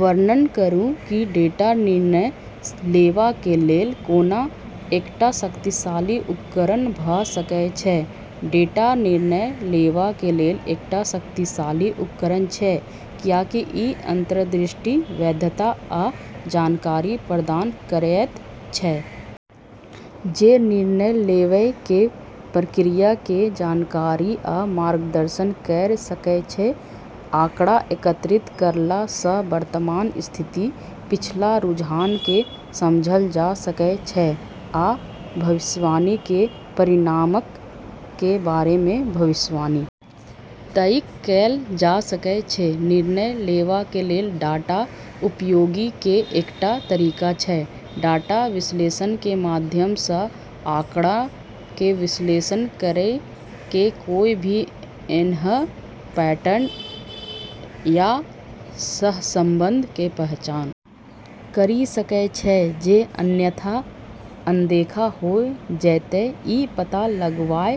वर्णन करूं की डेटा निर्णय लेवा कें लेल कोना एकटा शक्तिशाली उपकरण भ सकय छै, डाटा निर्णय लेवा कें लेल एकटा शक्तिशाली उपकरण छै, कियाकि इ अंतर्दृष्टि, वैधता आ जानकारी प्रदान करयत छै जे निर्णय लेवय कें प्रक्रिया कें जानकारी आ मार्गदर्शन कयर सकय छै, आंकड़ा एकत्रित करला सं वर्तमान स्थिति, पिछला रुझान कें समझल जा सकय छै आ भविष्य कें परिणामक कें बारे मे भविष्यवाणी तइक कैल जा सकय छै, निर्णय लेवा कें लेल डाटा उपयोगी कें एकटा तरीका छै डाटा विश्लेषण कें माध्यम सं आंकड़ऽ के विश्लेषण करी के कोय भी ऐन्हऽ पैटर्न या सहसंबंध के पहचान करी सकै छै जे अन्यथा अनदेखा होय जैतै इ पता लगावय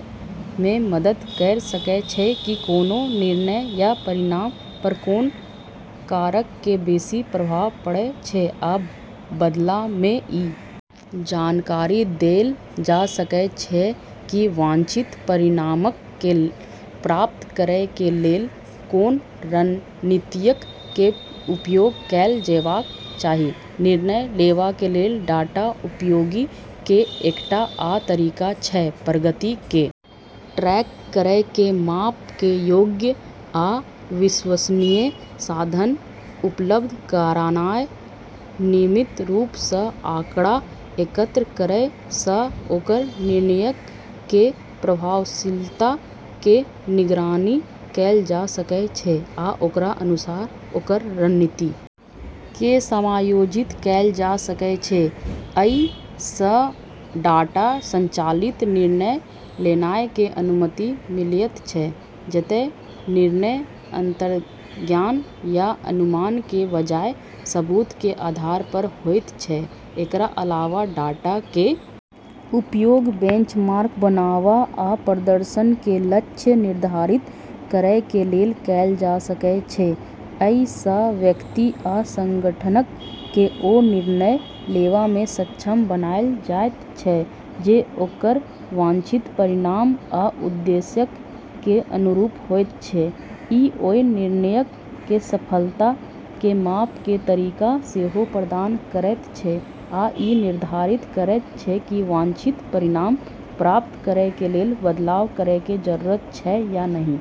मे मदद कयर सकय छै की कोनों निर्णय या परिणाम पर कोन कारक कें बेसि प्रभाव पड़य छै आ बदला मे इ जानकारी देल जा सकय छै की वांछित परिणामक कें प्राप्त करय कें लेल कोन रणनीतियक कें उपयोग कैल जेबाक चाही, निर्णय लेवा कें लेल डाटा उपयोगी कें एकटा आ तरीका छै प्रगति कें ट्रैक करय कें माप कें योग्य आ विश्वसनीय साधन उपलब्ध करानाय नियमित रूप सं आंकड़ा एकत्र करय सं ओकर निर्णयक कें प्रभावशीलता कें निगरानी कैल जा सकय छै आ ओकर अनुसार ओकर रणनीति कें समायोजित कैल जा सकय छै, अइ सं डाटा संचालित निर्णय लेनाय कें अनुमति मिलयत छै जतय निर्णय अंतर्ज्ञान या अनुमान कें बजाय सबूत कें आधार पर होयत छै, एकर अलावा डाटा कें उपयोग बेंचमार्क बनावा आ प्रदर्शन कें लक्ष्य निर्धारित करय कें लेल कैल जा सकय छै, अइ सं व्यक्ति आ संगठनक कें ओ निर्णय लेवा मे सक्षम बनायल जायत छै जे ओकर वांछित परिणाम आ उद्देश्यक कें अनुरूप होयत छै, इ ओय निर्णयक कें सफलता कें माप कें तरीका सेहो प्रदान करयत छै, आ इ निर्धारित करयत छै की वांछित परिणाम प्राप्त करय कें लेल बदलाव करय कें जरूरत छै या नहि।